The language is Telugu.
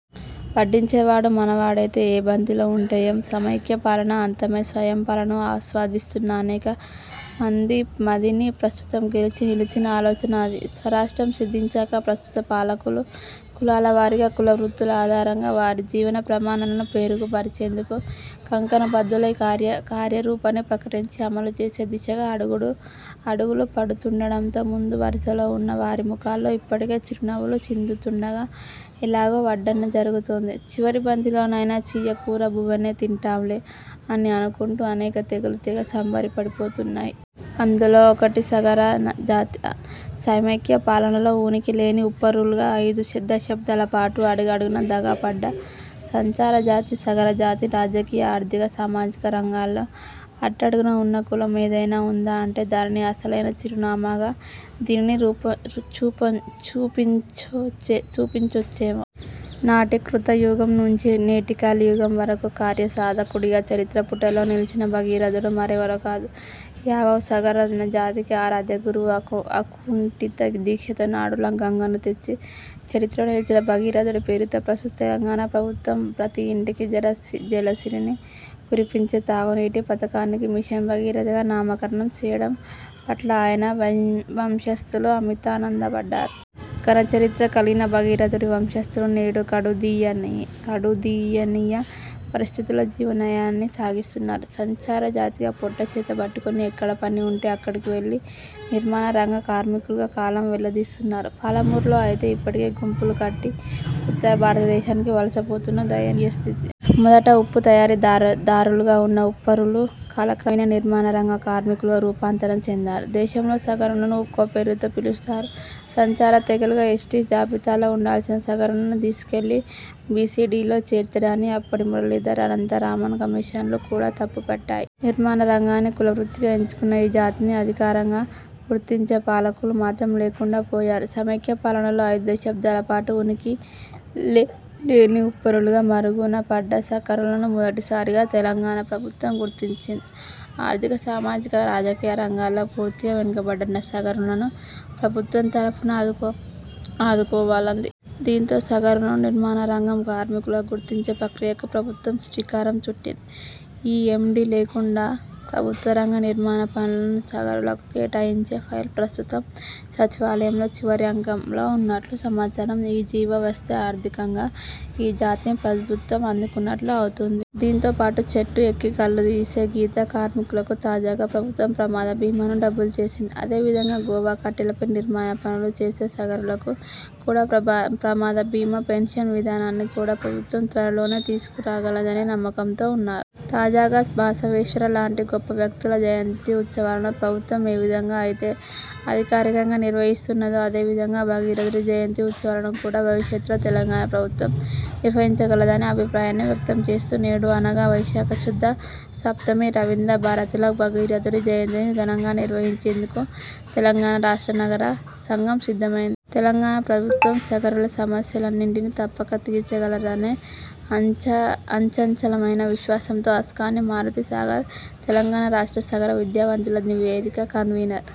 వడ్డించేవాడు మనవాడైతే, ఏ బంతిలో ఉంటే ఏం? సమైక్య పాలన అంతమై స్వయం పాలనను ఆస్వాదిస్తున్న అనేక మంది మదిని ప్రస్తుతం గెలిచి, నిలిచిన ఆలోచన అది. స్వరాష్ట్రం సిద్ధించాక ప్రస్తుత పాలకులు కులాల వారీగా, కులవృత్తుల ఆధారంగా వారి జీవన ప్రమాణాలను మెరుగు పరిచేందుకు కంకణ బద్ధులై కార్యరూపాన్ని ప్రకటించి అమలుచేసే దిశగా అడుగులు పడుతుండటంతో ముందు వరుసలో ఉన్న వారి ముఖాల్లో ఇప్పటికే చిరునవ్వులు చిందుతూండగా, 'ఎలాగో వడ్డన జరుగుతోంది, చివరి బంతిలోనైనా చియ్య కూర బువ్వనే తింటాంలే' అని అనుకుంటూ అనేక తెగలు తెగ సంబరపడి పోతున్నాయి. అందులో ఒకటి సగర జాతి. సమైక్య పాలనలో ఉనికి లేని ఉప్పరులుగా ఐదు దశాబ్ధాల పాటు అడుగడుగునా దగా పడ్డ సంచార జాతి సగర జాతి. రాజకీయ, ఆర్థిక, సామాజిక రంగాల్లో అట్టడగున ఉన్న కులం ఏదైనా ఉందా అంటే దానిని అసలైన చిరునామాగా దీనిని చూపించొచ్చేమో! నాటి కృతయుగం నుంచి నేటి కలియుగం వరకు కార్యసాధకుడిగా చరిత్ర పుటల్లో నిలిచిన భగీరథుడు మరెవరో కాదు యావత్ సగర జాతికి ఆరాధ్య గురువు. అకుంఠిత దీక్షతో నాడు గంగను తెచ్చి చరిత్రలో నిలిచిన భగీరథుడి పేరుతో ప్రస్తుత తెలంగాణ ప్రభుత్వం ప్రతి ఇంటికి జలసిరిని కురిపించే తాగు నీటి పథకానికి మిషన్ భగీరథగా నామకరణం చేయడం పట్ల ఆయన వంశస్తులు అమితానందపడ్డారు. ఘన చరిత్ర కల్గిన భగీరథుడి వంశస్తులు నేడు కడుదీయనీయ పరిస్థితుల్లో జీవనయానాన్ని సాగిస్తున్నారు. సంచారజాతిగా పొట్ట చేతబట్టుకొని ఎక్కడ పని ఉంటే అక్కడికి వెళ్లి నిర్మాణ రంగ కార్మికులుగా కాలం వెళ్లదీస్తున్నారు. పాలమూరులో అయితే ఇప్పటికీ గుంపులు కట్టి ఉత్తర భారతదేశానికి వలస పోతున్న దయనీయస్థితి. మొదట ఉప్పు తయారీ దారులుగా ఉన్న ఉప్పరులు కాలక్రమేణా నిర్మాణ రంగ కార్మికులుగా రూపాంతరం చెందారు. దేశంలో సగరులను ఒక్కో పేరుతో పిలుస్తారు. సంచార తెగలుగా ఎస్టీ జాబితాలో ఉండాల్సిన సగరులను తీసుకెళ్లి బీసీ–డీలో చేర్చడాన్ని అప్పటి మురళీధర్, అనంతరామన్ కమిషన్లు కూడా తప్పు పట్టాయి. నిర్మాణ రంగాన్ని కులవృత్తిగా ఎంచుకున్న ఈ జాతిని అధికారికంగా గుర్తించే పాలకులు మాత్రం లేకుండా పోయారు. సమైక్య పాలనలో ఐదు దశాబ్దాల పాటు ఉనికి లేని ఉప్పరులుగా మరుగునపడ్డ సగరులను మొదటి సారిగా తెలంగాణ ప్రభుత్వం గుర్తించింది. ఆర్థిక, సామాజిక, రాజకీయ రంగాల్లో పూర్తిగా వెనుకబడ్డ సగరులను ప్రభుత్వం తరఫున ఆదుకోవాలంది. దీంతో సగరులను నిర్మాణ రంగ కార్మికులుగా గుర్తించే ప్రక్రియకు ప్రభుత్వం శ్రీకారం చుట్టింది. ఈ ఎం డీ లేకుండా ప్రభుత్వరంగ నిర్మాణ పనులను సగరులకు కేటాయించే ఫైల్ ప్రస్తుతం సచివాలయంలో చివరి అంకంలో ఉన్నట్లు సమాచారం. ఈ జీవో వస్తే ఆర్థికంగా ఈ జాతిని ప్రభుత్వం ఆదుకున్నట్లు అవుతుంది. దీంతో పాటు చెట్టు ఎక్కి కల్లు గీసే గీత కార్మికులకు తాజాగా ప్రభుత్వం ప్రమాద బీమాను డబుల్ చేసింది. అదే విధంగా గోవా కట్టెలపై నిర్మాణ పనులు చేసే సగరులకు కూడా ప్రమాద బీమా, పెన్షన్ విధానాన్ని కూడా ప్రభుత్వం త్వరలోనే తీసుకురాగలదనే నమ్మకంతో ఉన్నారు. తాజాగా బసవేశ్వర లాంటి గొప్ప వ్యక్తుల జయంతి ఉత్సవాలను ప్రభుత్వం ఏ విధంగా అయితే అధికారికంగా నిర్వహిస్తున్నదో అదేవిధంగా భగీరథుడి జయంతి ఉత్సవాలను కూడా భవిష్యత్తులో తెలంగాణ ప్రభుత్వం నిర్వహించగలదనే అభిప్రాయాన్ని వ్యక్తం చేస్తూ, నేడు అనగా వైశాఖ శుద్ధ సప్తమి రవీంద్ర భారతిలో భగరథుడి జయంతిని ఘనంగా నిర్వహించేందుకు తెలంగాణ రాష్ట్ర సగర సంఘం సిద్ధమైంది. తెలంగాణ ప్రభుత్వం సగరుల సమస్యలన్నింటినీ తప్పక తీర్చగలదనే అచంచలమైన విశ్వాసంతో అస్కాని మారుతీ సాగర్ తెలంగాణ రాష్ట్ర సగర విద్యావంతుల వేదిక కన్వీనర్